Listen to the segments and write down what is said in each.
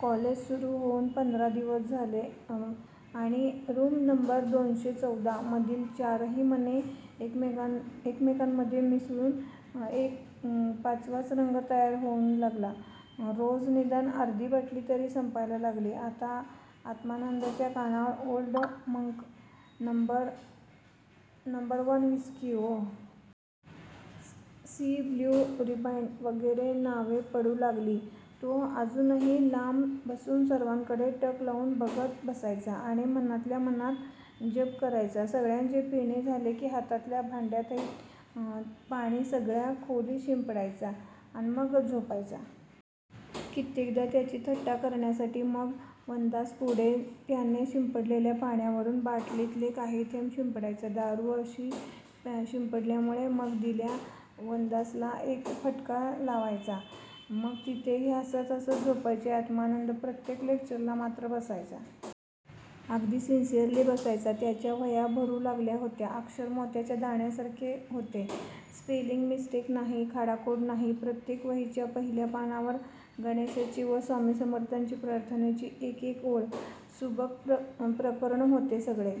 College सुरू होऊन पंधरा दिवस झाले आणि रूम नंबर दोनशे चौदा मधील चारही मने एकमेकांमधे मिसळून एक पाचवाच रंग तयार होऊ लागला. रोज निदान अर्धी बाटली तरी संपायला लागली. आता आत्मानंदच्या कानावर Old Monk, number one whisky, O. C., Blue Riband वगैरे नावे पडू लागली. तो अजूनही लांब बसून सर्वांकडे टक लावून बघत बसायचा आणि मनातल्या मनात जप करायचा. सगळ्यांचे पिणे झाले की हातातल्या भांड्यातील पाणी सगळ्या खोलीत शिंपडायचा अन मगच झोपायचा. कित्येकदा त्याची थट्टा करण्यासाठी मग वनदास पुन्हा त्याने शिंपडलेल्या पाण्यावरून बाटलीतले काही थेंब शिंपडायचा. दारू अशी शिंपडल्यामुळे मग दिल्या वनदासला एक फटका लावायचा. मग तिघेही हसत हसत झोपायचे. आत्मानंद प्रत्येक लेक्चरला मात्र बसायचा. अगदी सिन्सियरली बसायचा. त्याच्या वह्या भरू लागल्या होत्या. अक्षर मोत्याच्या दाण्यांसारखे होते. स्पेलिंग मिसटेक नाही, खाडाखोड नाही. प्रत्येक वहीच्या पहिल्या पानावर गणेशाची व स्वामी समर्थांची प्रार्थनेची एक एक ओळ! सुबक प्रकरण होते सगळे!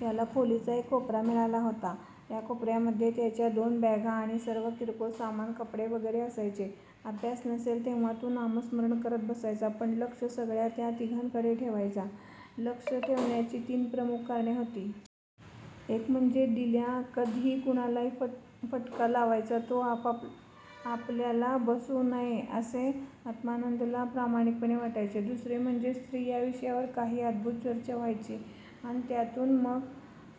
त्याला खोलीचा एक कोपरा मिळाला होता. त्या कोपर्यात त्याच्या दोन बॅगा आणि सर्व किरकोळ सामान, कपडे वगैरे असायचे. अभ्यास नसेल, तेव्हा तो नामस्मरण करत बसायचा. पण लक्ष सगळं या तिघांकडे ठेवायचा. लक्ष ठेवण्याची तीन प्रमुख कारणे होती. एक म्हणजे दिल्या कधीही कुणालाही फटका लावायचा. तो आपल्याला बसू नये असे आत्मानंदला प्रामाणिकपणे वाटायचे. दुसरे म्हणजे स्त्री या विषयावर काही अद्भुत चर्चा व्हायची अन त्यातून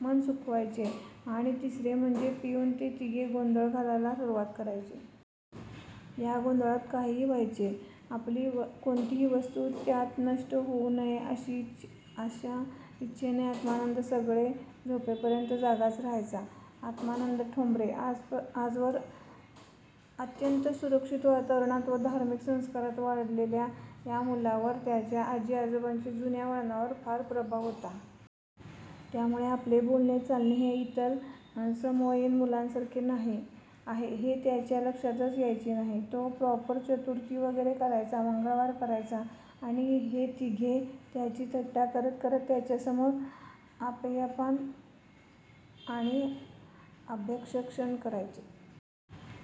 मन सुखवायचे. आणि तिसरे म्हणजे पिऊन ते तिघे गोंधळ घालायला सुरुवात करायचे. या गोंधळात काहीही व्हायचे. आपली कोणतीही वस्तू त्यात नष्ट होऊ नये अशी इच्छेने आत्मानंद सगळे झोपेपर्यंत जागाच राहायचा. आत्मानंद ठोंबरे! आजवर अत्यंत सुरक्षित वातावरणात व धार्मिक संस्कारात वाढलेल्या या मुलावर त्याच्या आजी आजोबांच्या जुन्या वळणाचा फार प्रभाव होता. त्यामुळे आपले बोलणे चालणे हे इतर समवयीन मुलांसारखे नाही आहे हे त्याच्या लक्षातच यायचे नाही. तो प्रॉपर चतुर्थी वगैरे करायचा. मंगळवार करायचा. आणि हे तिघे त्याची थट्टा करत करत त्याच्यासमोर अपेयपान आणि अभक्ष्यभक्षण करायचे.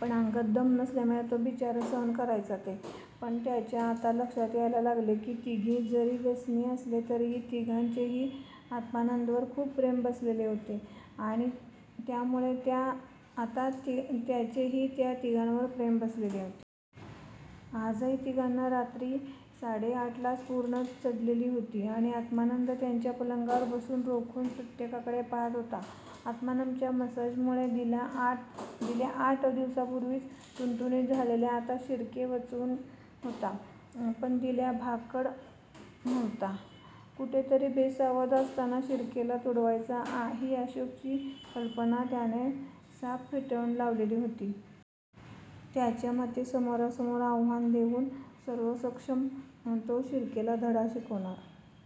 पण अंगात दम नसल्यामुळे तो बिचारा सहन करायचा ते! पण त्याच्या आता लक्षात यायला लागले होते. तिघे जरी व्यसनी असले तरीही तिघांचेही आत्मानंदवर खूप प्रेम बसलेले होते. आणि त्यामुळे आता त्याचेही त्या तिघांवर प्रेम बसलेले होते. आजही तिघांना रात्री साडे आठलाच पूर्ण चढलेली होती आणि आत्मानंद त्याच्या पलंगावर बसून रोखून प्रत्येकाकडे पाहात होता. आत्मानंदच्या मसाजमुळे दिल्या आठ दिवसांपुर्वीच टुणटुणीत झाल्यामुळे आता शिर्के वचकून होता. पण दिल्या भाकड नव्हता. कुठेतरी बेसावध असताना शिर्केला तुडवायचा ही अशोकची कल्पना त्याने साफ फेटाळून लावलेली होती. त्याच्या मते समोरासमोर आव्हान देऊन सर्वांसमक्ष तो शिर्केला धडा शिकवणार